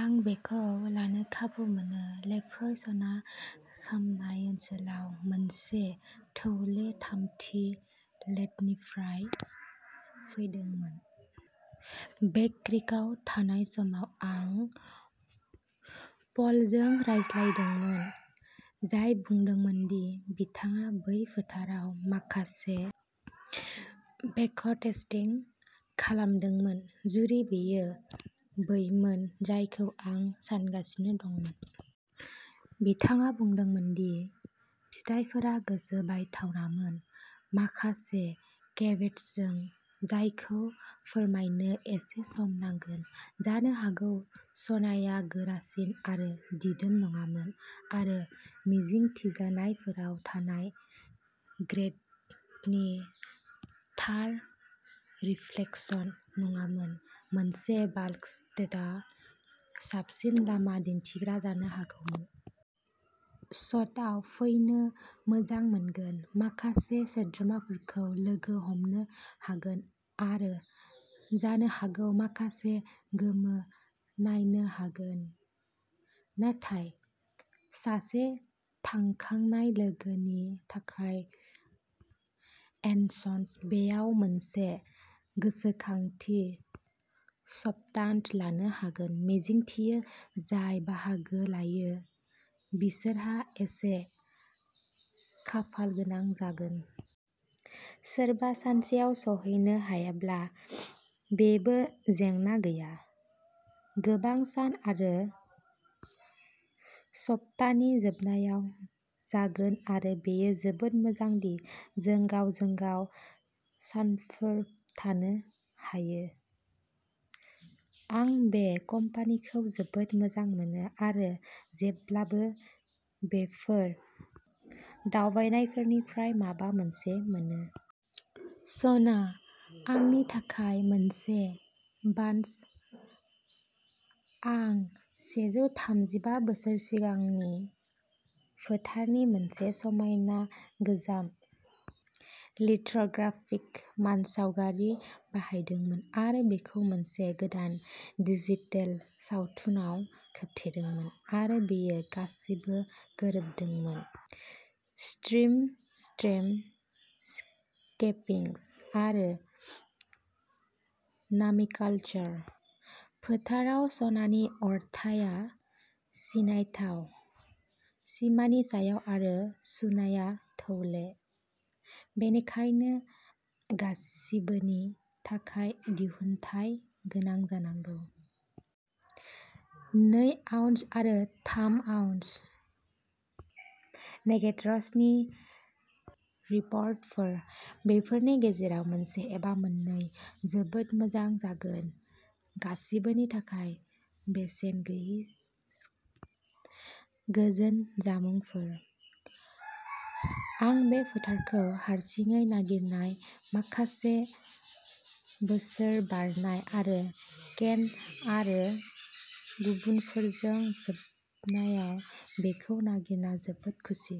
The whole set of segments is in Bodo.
आं बेखौ लानो खाबु मोनो। लेफ्रय सना खामनाय ओनसोलाव मोनसे थौले थामथि लेडनिफ्राय फैदोंमोन। बेक क्रीकआव थानाय समाव आं पलजों रायज्लायदोंमोन, जाय बुंदोंमोन दि बिथाङा बै फोथाराव माखासे बेकह' टेस्टिं खालामदोंमोन, जुदि बेयो बैमोन जायखौ आं सानगासि दंमोन। बिथाङा बुंदोंमोन दि फिथायफोरा गोसो बायथावनामोन, माखासे केभेट्सजों जायखौ फोरमायनो एसे सम नांगोन। जानो हागौ सनाआ गोरासिन आरो दिदोम नङामोन आरो मिजिंथिजानायफोराव थानाय ग्रेडनि थार रिफ्लेकसन नङामोन। मोनसे बाल्क स्टेटआ साबसिन लामा दिन्थिग्रा जानो हागौमोन। सतआव फैनो मोजां मोनगोन, माखासे सोद्रोमाफोरखौ लोगो हमनो हागोन आरो जानो हागौ माखासे गोमो नायनो हागोन नाथाय सासे थांखांनाय लोगोनि थाखाय एनसन्स बेआव मोनसे गोसोखांथि सप्ताहान्त लानो हागोन। मिजिंथियो जाय बाहागो लायो बिसोरहा एसे खाफालगोनां जागोन। सोरबा सानसेयाव सौहैनो हायाब्ला बेबो जेंना गैया। गोबां सान आरो सप्तानि जोबनायाव जागोन आरो बेयो जोबोद मोजां दि जों गावजों-गाव सानफोर थानो हायो। आं बे कम्पानीखौ जोबोद मोजां मोनो आरो जेब्लाबो बेफोर दावबायनायफोरनिफ्राय माबा मोनसे मोनो। सना आंनि थाखाय मोनसे बान्स। आं सेजौथामजिबा बोसोर सिगांनि फोथारनि मोनसे समायना गोजाम लिथ'ग्राफिक मानसावगारि बाहायदोंमोन आरो बेखौ मोनसे गोदान डिजिटेल सावथुनाव खोबथेदोंमोन आरो बेयो गासैबो गोरोबदोंमोन। स्ट्रिम स्ट्रिम, स्केपिंस आरो नामिकालसार। फोथाराव सनानि अरथाइया सिनायथाव सिमानि सायाव आरो सुनाया थौले, बेनिखायनो गासिबोनि थाखाय दिहुनथाय गोनां जानांगौ। नै आउन्स आरो थाम आउन्स नगेट्सनि रिपर्टफोर। बेफोरनि गेजेराव मोनसे एबा मोननै, जोबोद मोजां जागोन। गासिबोनि थाखाय बेसेन गैयै गोजोन जामुंफोर। आं बे फोथारखौ हारसिङै नागिरनाय माखासे बोसोर बारनाय आरो केन आरो गुबुनफोरजों जोबनायाव बेखौ नागिरना जोबोद खुसि।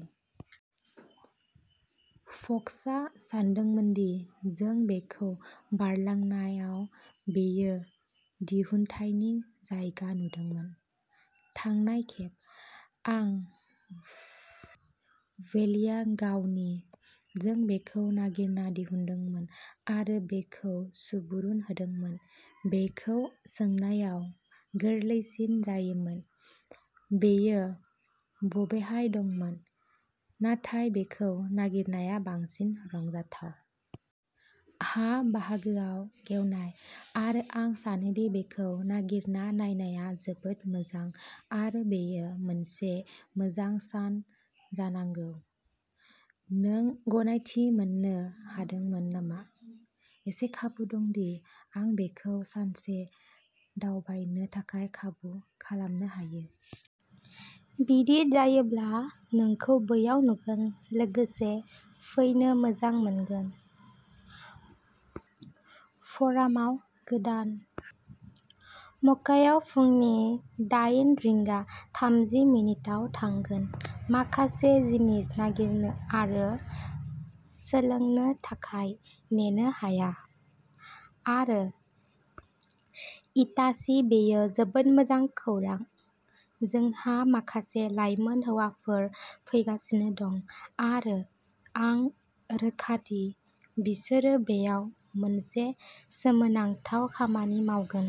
फक्सआ सानदोंमोन दि जों बेखौ बारलांनायाव बेयो दिहुनथायनि जायगा नुदोंमोन। थांनाय खेब आं वेलिआ गावनि जों बेखौ नागिरना दिहुनदोंमोन आरो बेखौ सुबुरुन होदोंमोन। बेखौ सोंनायाव गोरलैसिन जायोमोन, बेयो बबेहाय दंमोन। नाथाय बेखौ नागिरनाया बांसिन रंजाथाव। हा बाहागोआव गेवनाय आरो आं सानो दि बेखौ नागिरना नायनाया जोबोद मोजां आरो बेयो मोनसे मोजां सान जानांगौ। नों गनायथि मोन्नो हादोंमोन नामा? इसे खाबु दं दि आं बेखौ सानसे दावबायनो थाखाय खाबु खालामनो हायो। बिदि जायोब्ला, नोंखौ बैयाव नुगोन लोगोसे फैनो मोजां मोनगोन, फ'रामाव गोदान। मक्कायाव फुंनि डायेन रिंगा थामजि मिनिताव थांगोन, माखासे जिनिस नागिरनो आरो सोलोंनो थाखाय नेनो हाया। आरो इटासि, बेयो जोबोद मोजां खौरां। जोंहा माखासे लाइमोन हौवाफोर फैगासिनो दं आरो आं रोखा दि बिसोरो बेयाव मोनसे सोमोनांथाव खामानि मावगोन।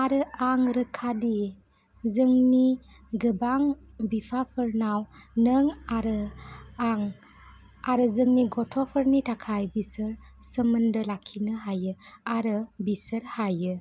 आरो आं रोखा दि जोंनि गोबां बिफाफोरनाव नों आरो आं आरो जोंनि गथ'फोरनि थाखाय बिसोर सोमोन्दो लाखिनो हायो आरो बिसोर हायो।